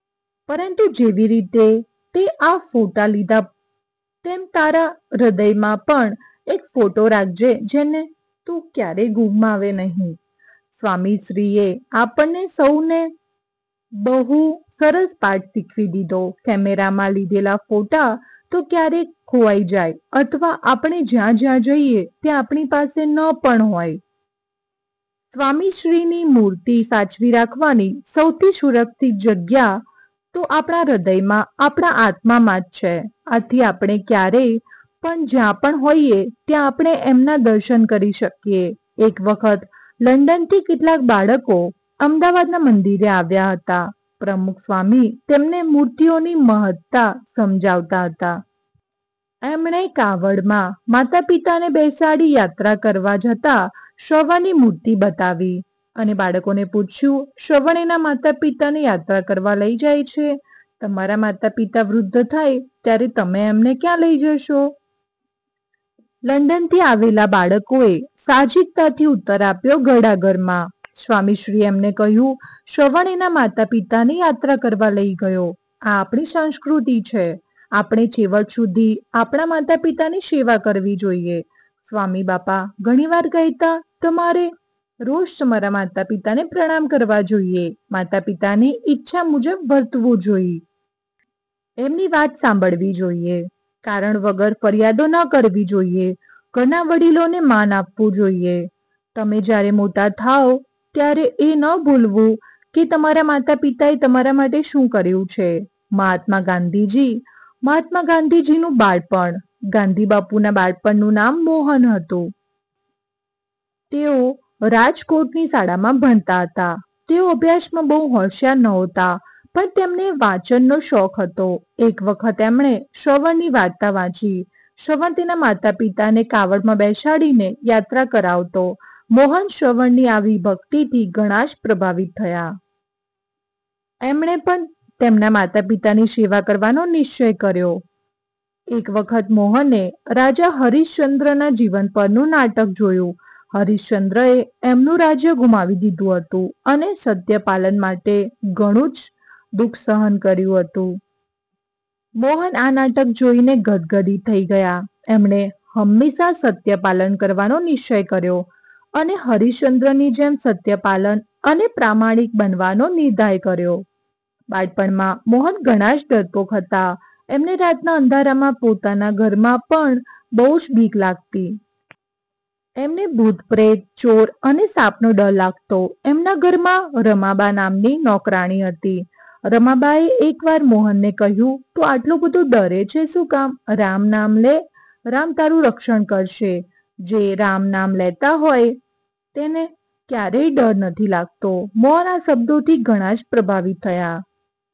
પરંતુ જેવી રીતે તેં આ ફોટા લીધા તેમ તારા હૃદયમાં પણ એક ફોટો રાખજે જેને તું કયારેય ગુમાવે નહીં." સ્વામીશ્રીએ આપણને સૌને બહુ સરસ પાઠ શીખવી દીધો. કેમેરામાં લીધેલા ફોટા તો ક્યારેક ખોવાઈ જાય, અથવા આપણે જ્યાં-જ્યાં જઈએ ત્યાં આપણી પાસે ન પણ હોય. સ્વામીશ્રીની મૂર્તિ સાચવી રાખવાની સૌથી સુરક્ષિત જગ્યા તો આપણા હૃદયમાં આપણા આત્મામાં જ છે. આથી આપણે ક્યારેય પણ જ્યાં પણ હોઈએ ત્યાં આપણે એમના દર્શન કરી શકીએ. એક વખત લંડનથી કેટલાક બાળકો અમદાવાદના મંદિરે આવ્યા હતા, પ્રમુખસ્વામી તેમને મૂર્તિઓની મહત્તા સમજાવતા હતા. એમણે કાવડમાં માતા પિતાને બેસાડી યાત્રા કરવા જતા શ્રવણની મૂર્તિ બતાવી અને બાળકોને પૂછ્યું, "શ્રવણ એના માતા પિતાને યાત્રા કરવા લઇ જાય છે. તમારા માતા પિતા વૃદ્ધ થાય ત્યારે તમે એમને ક્યાં લઇ જશો?" લંડનથી આવેલા બાળકોએ સાહજિકતાથી ઉત્તર આપ્યો, "ઘરડા ઘરમાં."સ્વામીશ્રીએ એમને કહ્યું, "શ્રવણ એના માતા પિતાને યાત્રા કરવા લઇ ગયો, આ આપણી સંસ્કૃતિ છે. આપણે છેવટ સુધી આપણા માતા પિતાની સેવા કરવી જોઈએ. સ્વામીબાપા ઘણી વાર કહેતા, "તમારે રોજ તમારા માતા પિતાને પ્રણામ કરવા જોઈએ, માતા પિતાની ઈચ્છા મુજબ વર્તવું જોઈ,. એમની વાત સાંભળવી જોઈએ, કારણ વગર ફરિયાદો ન કરવી જોઈએ, ઘરના વડીલોને માન આપવું જોઈએ. તમે જયારે મોટા થાવ ત્યારે એ ન ભૂલવું કે તમારા માતા પિતાએ તમારા માટે શું કર્યું છે." મહાત્મા ગાંધીજી: મહાત્મા ગાંધીજીનું બાળપણ: ગાંધીબાપુના બાળપણનું નામ મોહન હતું. તેઓ રાજકોટની શાળામાં ભણતા હતા. તેઓ અભ્યાસમાં બહુ હોશિયાર નહોતા, પણ તેમને વાંચનનો શોખ હતો. એક વખત એમણે શ્રવણની વાર્તા વાંચી. શ્રવણ તેના માતા પિતાને કાવડમાં બેસાડીને યાત્રા કરાવતો. મોહન શ્રવણની આવી ભક્તિથી ઘણા જ પ્રભાવિત થયા. એમણે પણ તેમના માતા પિતાની સેવા કરવાનો નિશ્ચય કર્યો. એક વખત મોહને રાજા હરિશ્ચન્દ્રના જીવન પરનું નાટક જોયું. હરિશ્ચન્દ્રએ એમનું રાજ્ય ગુમાવી દીધું હતું, અને સત્યપાલન માટે ઘણું જ દુઃખ સહન કર્યું હતું. મોહન આ નાટક જોઈને ગદગદિત થઈ ગયા. એમણે હંમેશા સત્યપાલન કરવાનો નિશ્ચય કર્યો, અને હરિશ્ચન્દ્રની જેમ સત્યપાલક અને પ્રામાણિક બનવાનો નિર્ધાર કર્યો. બાળપણમાં મોહન ઘણા જ ડરપોક હતા. એમને રાતના અંધારામાં પોતાના ઘરમાં પણ બહુ જ બીક લાગતી. એમને ભૂતપ્રેત, ચોર અને સાપનો ડર લાગતો. એમના ઘરમાં રમાબા નામની નોકરાણી હતી. રમાબાએ એક વાર મોહનને કહ્યું, "તું આટલો બધો ડરે છે શું કામ? રામ નામ લે, રામ તારું રક્ષણ કરશે, જે રામ નામ લેતા હોય તેને ક્યારેય ડર નથી લાગતો." મોહન આ શબ્દોથી ઘણા જ પ્રભાવિત થયા.